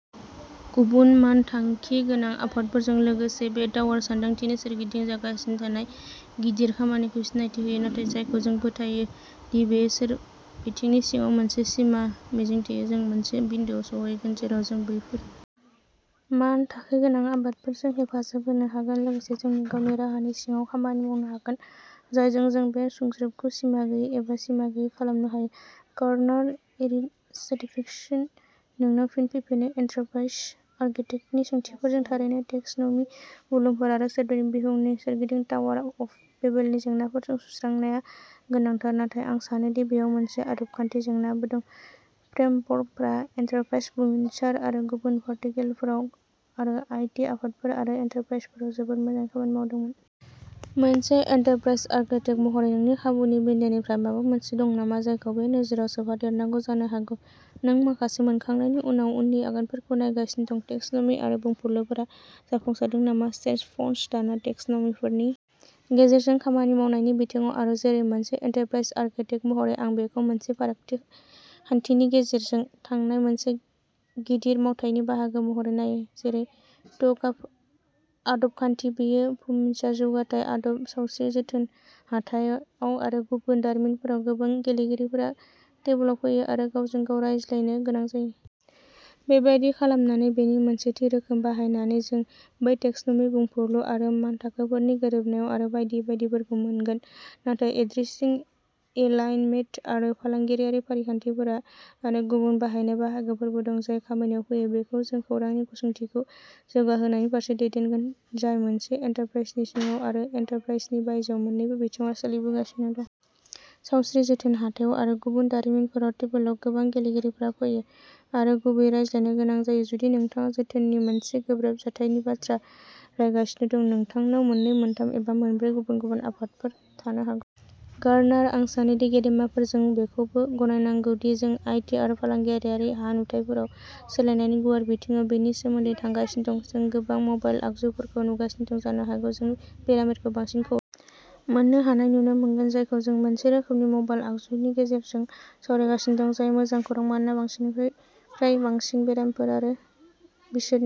गुबुन मानथाखि गोनां आफादफोरजों लोगोसे बे टावार सानदांथिनि सोरगिदिं जागासिनो थानाय गिदिर खामानिखौ सिनायथि होनो थाखाय जायखौ जों फोथायो दि बेयो सोरबिथिंनि सिङाव मोनसे सिमा। मिजिंथियो जों मोनसे बिन्दोआव सौहैगोन जेराव जों बैफोर मानथाखो गोनां आफादफोरजों हेफाजाब होनो हागोन लोगोसे जोंनि गावनि राहानि सिङाव खामानि मावनो हागोन जायजों जों बे सुंज्रोबखौ सिमा गैयै एबा सिमा गैयै खालामनो हायो गार्डनार एरिक स्टेफेनस नोंनाव फिन फैफिनो एन्टारप्राइज आर्किटेक्टनि सोंथिफोरजों थारैनो टेक्स'न'मि बुंफुरलुफोर आरो सोदोब बिहुंनि सोरगिदिं टावार अफ बेबेलनि जेंनाफोरखौ सुस्रांनाया गोनांथार नाथाय आं सानो दि बेयाव मोनसे आदब खान्थि जेंनाबो दं फ्रेमवर्कफोरा एन्टारप्राइज बुमिनसार आरो गुबुन भार्टिकेलफोराव आरो आईटी आफादफोर आरो एन्टारप्राइजफोराव जोबोद मोजाङै खामानि मावदोंमोन। मोनसे एन्टारप्राइज आर्किटेक्ट महरै नोंनि खाबुनि बिन्दोनिफ्राय माबा मोनसे दं नामा जायखौ बे नोजोरआव सोफादेरनांगौ जानो हागौ नों माखासे मोनखांनायनि उनाव उननि आगानफोरखौ नायगासिनो दं टेक्स'नमि आरो बुंफुरलुफोरा जाफुंसारदों नामा स्टेफेनस डाना टेक्स'नमिफोरनि गेजेरजों खामानि मावनायनि बिथिङाव आरो जेरै मोनसे एन्टारप्राइज आर्किटेक्ट महरै आं बेखौ मोनसे फारिखान्थिनि गेजेरजों थांनाय मोनसे गिदिर मावथायनि बाहागो महरै नायो जेरै ट'गाफ आदबखान्थि बेयो बुमिनसार जौगाथाय आदब सावस्रि जोथोन हाथायाव आरो गुबुन दारिमिनफोराव गोबां गेलेगिरिफोरा टेबोलाव फैयो आरो गावजों गाव रायज्लायनो गोनां जायो। बेबादि खालामनानै बेनि मोनसे थि रोखोम बाहायनानै जों बै टेक्स'नमि बुंफुरलु आरो मानथाखोफोरनि गोरोबनाय आरो बायदि बायदिखौ मोनगोन। नाथाय एड्रेसिं एलाइनमेन्ट आरो फालांगियारि फारिखान्थिफोर आरो गुबुन बाहायनाय बाहागोफोरबो दं जाय खामानियाव फैयो। बेयो जोंखौ खौरांनि गुसुंथिखौ जौगाहोनायनि फारसे दैदेनगोन जाय मोनसे एन्टारप्राइजनि सिङाव आरो एन्टारप्राइजनि बायजोआव मोननैबो बिथिङाव सोलिबोगासिनो दं। सावस्रि जोथोन हाथायाव आरो गुबुन दारिमिनफोराव टेबोलाव गोबां गेलेगिरिफोरा फैयो आरो गुबैयै रायज्लायनो गोनां जायो जुदि नोंथाङा जोथोननि मोनसे गोब्राब जाथायनि बाथ्रा रायगासिनो दं नोंथांनाव मोननै मोनथाम एबा मोनब्रै गुबुन गुबुन आफादफोर थानो हागौ। गार्डनार आं सानो गेदेमाफोर जों बेखौबो गनायनांगौ दि जों आईटी आरो फालांगियारि हा नुथाइफोराव सोलायनायनि गुवार बिथिङाव बेनि सोमोन्दै थांगासिनो दं जों गोबां मबाइल आगजुफोरखौ नुगासिनो दं जानो हागौ जों बेरामिफोरखौ बांसिन खौरां मोन्नो हानाय नुनो मोनगोन जायखौ जों मोनसे रोखोमनि मबाइल आगजुनि गेजेरजों सावरायगासिनो दं जाय मोजां खौरां मानोना बांसिननिफ्राय बांसिन बेरामिफोर आरो बिसोरनि